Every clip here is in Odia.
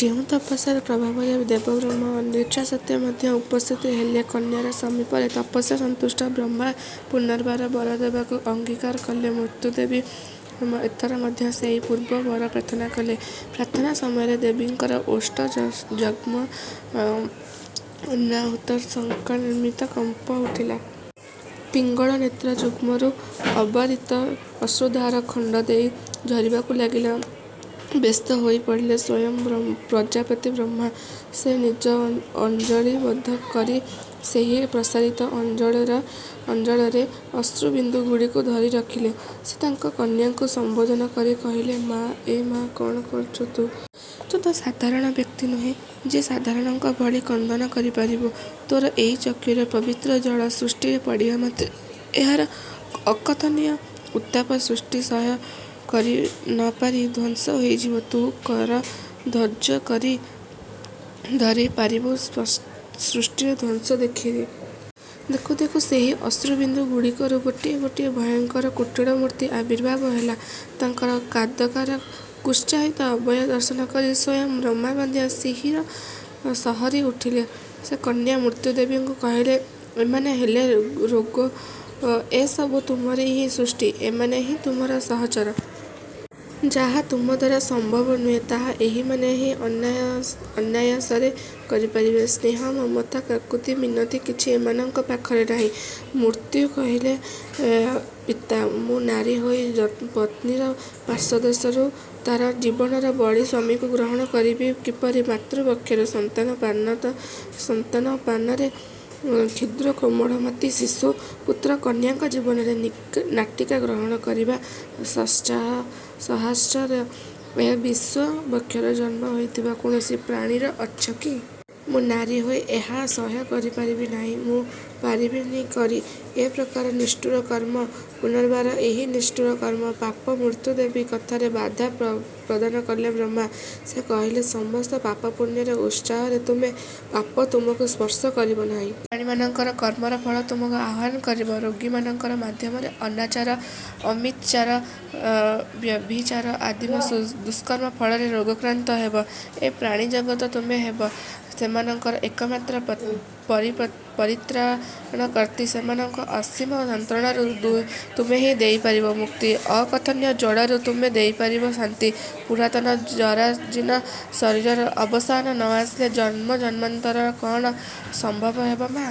ଯେଉଁ ତପସ୍ୟାର ପ୍ରଭାବରେ ବେଦବ୍ରହ୍ମା ଅନିଚ୍ଛାସତ୍ତ୍ୱେ ମଧ୍ୟ ଉପସ୍ଥିତ ହେଲେ କନ୍ୟାଙ୍କ ସମୀପରେ। ତପସ୍ୟା-ସନ୍ତୁଷ୍ଟ-ବ୍ରହ୍ମା ପୁନର୍ବାର ବର ଦେବାକୁ ଅଙ୍ଗିକାର କଲେ। ମୃତ୍ୟୁଦେବୀ ଏଥର ମଧ୍ୟ ସେହି ପୂର୍ବ ବର ପ୍ରାର୍ଥନା କଲେ। ପ୍ରାର୍ଥନା ସମୟରେ ଦେବୀଙ୍କ ଓଷ୍ଠ ଯୁଗ୍ମ ଅନାହୁତ ଶଙ୍କା ନିମିତ୍ତ କମ୍ପି ଉଠିଲା। ପିଙ୍ଗଳ ନେତ୍ର-ଯୁଗ୍ମରୁ ଅବାରିତ ଅଶ୍ରୁଧାର ଗଣ୍ଡ ଦେଇ ଝରିବାକୁ ଲାଗିଲା। ବ୍ୟସ୍ତ ହୋଇ ପଡ଼ିଲେ ସ୍ୱୟଂ ପ୍ରଜାପତି ବ୍ରହ୍ମା। ସେ ନିଜ ଅଞ୍ଜଳିବଦ୍ଧ କରି ସେହି ପ୍ରସାରିତ ଅଞ୍ଜଳରେ ଅଶ୍ରୁବିନ୍ଦୁଗୁଡ଼ିକୁ ଧରି ରଖିଲେ। ସେ ତାଙ୍କ କନ୍ୟାଙ୍କୁ ସମ୍ୱୋଧନ କରି କହିଲେ, ମା! ଏ କଣ କରୁଛୁ ତୁ? ତୁ ତ ସାଧାରଣ ବ୍ୟକ୍ତି ନୋହୁଁ ଯେ ସାଧାରଣଙ୍କ ଭଳି କ୍ରନ୍ଦନ କରି ପାରିବୁ। ତୋର ଏହି ଚକ୍ଷୁର ପବିତ୍ର ଜଳ ସୃଷ୍ଟିରେ ପଡ଼ିବା ମାତ୍ରେ ଏହାର ଅକଥନୀୟ ଉତ୍ତାପ ସୃଷ୍ଟି ସହ୍ୟ କରି ନ ପାରି ଧ୍ୱଂସ ହୋଇଯିବ। ତୁ କ'ର ଧୈର୍ଯ୍ୟ ଧରି ପାରିବୁ ସୃଷ୍ଟିର ଧ୍ୱଂସ ଦେଖି? ଦେଖୁ ଦେଖୁ ସେହି ଅଶ୍ରୁ ବିନ୍ଦୁ ଗୁଡ଼ିକରୁ ଗୋଟିଏ ଗୋଟିଏ ଭୟଙ୍କର କୁଟିଳ ମୂର୍ତ୍ତି ଆବିର୍ଭାବ ହେଲେ। ତାଙ୍କର କଦାକାର କୁତ୍ସିତ ଅବୟବ ଦର୍ଶନ କରି ସ୍ୱୟଂ ବ୍ରହ୍ମା ମଧ୍ୟ ଶିହରି ଉଠିଲେ। ସେ କନ୍ୟା ମୃତ୍ୟୁଦେବୀଙ୍କ କହିଲେ–ଏମାନେ ହେଲେ ରୋଗ, ଏ ସବୁ ତୁମରି ହିଁ ସୃଷ୍ଟି, ଏମାନେ ହିଁ ତୁମରି ସହଚର। ଯାହା ତୁମଦ୍ୱାରା ସମ୍ଭବ ନୁହେଁ ତାହା ଏହିମାନେ ହିଁ ଅନାୟାସରେ କରିପାରିବେ। ସ୍ନେହ, ମମତା, କାକୁତି, ମିନତି କିଛି ଏମାନଙ୍କ ପାଖରେ ନାହିଁ। ମୃତ୍ୟୁ କହିଲେ, ପିତା! ମୁଁ ନାରୀ ହୋଇ ପତ୍ନୀର ପାର୍ଶ୍ୱଦେଶରୁ ତାର ଜୀବନର ବଳି ସ୍ୱାମୀକୁ ଗ୍ରହଣ କରିବି କିପରି। ମାତୃବକ୍ଷରୁ ସ୍ତନପାନରତ କ୍ଷୁଦ୍ର କୋମଳମତି ଶିଶୁ, ପୁତ୍ର, କନ୍ୟାଙ୍କ ଜୀବନ ନାଟିକା ଗ୍ରହଣ କରିବାର ସତ୍ସାହସ ଏ ବିଶ୍ୱ ବକ୍ଷରେ ଜନ୍ମ ହୋଇଥିବା କୌଣସି ପ୍ରାଣୀର ଅଛି କି? ମୁଁ ନାରୀ ହୋଇ ଏହା ସହ୍ୟ କରିପାରିବି ନାହିଁ। ମୁଁ ପାରିବିନି କରି ଏ ପ୍ରକାର ନିଷ୍ଠୁର କର୍ମ। ପୂନର୍ବାର ଏହି ନିଷ୍ଠୁର କର୍ମର ପାପ ମୃତ୍ୟୁଦେବୀଙ୍କ କଥାରେ ବାଧା ପ୍ରଦାନ କଲେ ବ୍ରହ୍ମା, ସେ କହିଲେ, ସମସ୍ତ ପାପପୁଣ୍ୟରେ ଊର୍ଦ୍ଧ୍ୱରେ ତୁମେ। ପାପ ତୁମକୁ ସ୍ପର୍ଶ କରିବ ନାହିଁ। ପ୍ରାଣୀମାନଙ୍କର କର୍ମର ଫଳ ତୁମକୁ ଆହ୍ୱାନ କରିବ ରୋଗୀମାନଙ୍କ ମାଧ୍ୟମରେ। ଅନାଚାର, ଅମିତାଚାର, ବ୍ୟଭିଚାର ଆଦିର ଦୁଷ୍କର୍ମ ଫଳରେ ରୋଗାକ୍ରାନ୍ତ ହେବ ଏ ପ୍ରାଣୀ ଜଗତ। ତୁମେ ହେବ ସେମାନଙ୍କର ଏକମାତ୍ର ପରିତ୍ରାଣକର୍ତ୍ତୀ। ସେମାନଙ୍କ ଅସୀମ ଯନ୍ତ୍ରଣାରୁ ତୁମେହିଁ ଦେଇପାରିବ ମୁକ୍ତି, ଅକଥନୀୟ ଜ୍ୱାଳାରୁ ତୁମେ ଦେଇପାରିବ ଶାନ୍ତି, ପୂରାତନ ଜରାଜୀର୍ଣ୍ଣ ଶରୀରର ଅବସାନ ନ ଆସିଲେ ଜନ୍ମ ଜନ୍ମାନ୍ତର କ'ଣ ସମ୍ଭବ ହେବ ମା!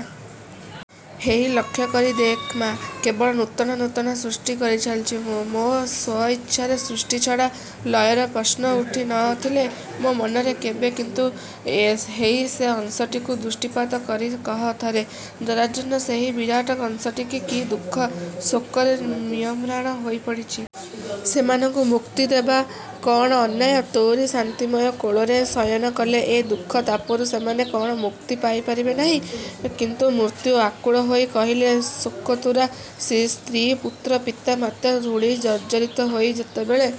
ହେଇ ଲକ୍ଷ୍ୟକରି ଦେଖ୍ ମା, କେବଳ ନୂତନ ନୂତନ ସୃଷ୍ଟି କରିଚାଲିଛି ମୁଁ, ମୋ ସ୍ୱଇଚ୍ଛାରେ। ସୃଷ୍ଟି ଛଡ଼ା ଲୟର ପ୍ରଶ୍ନ ଉଠି ନ ଥିଲା ମୋ ମନରେ କେବେ। କିନ୍ତୁ–ହେଇ ସେ ଅଂଶଟିକୁ ଦୃଷ୍ଟିପାତ କରି କହ ଥରେ, ଜରାଜୀର୍ଣ୍ଣ ସେହି ବିରାଟ ଅଂଶଟି କି ଦୁଃଖ ଶୋକରେ ମ୍ରିୟମାଣ ହୋଇପଡ଼ିଛି। ସେମାନଙ୍କୁ ମୁକ୍ତି ଦେବା କ'ଣ ଅନ୍ୟାୟ? ତୋରି ଶାନ୍ତିମୟ କୋଳରେ ଶୟନ କଲେ ଏ ଦୁଃଖ ତାପରୁ ସେମାନେ କଣ ମୁକ୍ତି ପାଇବେ ନାହିଁ? କିନ୍ତୁ–। ମୃତ୍ୟୁ ଆକୁଳ ହୋଇ କହିଲେ–ଶୋକାତୁରା ସ୍ତ୍ରୀ, ପୁତ୍ର, ପିତା, ମାତା, ଧୂଳି ଜର୍ଜରିତ ହୋଇ ଯେତେବେଳେ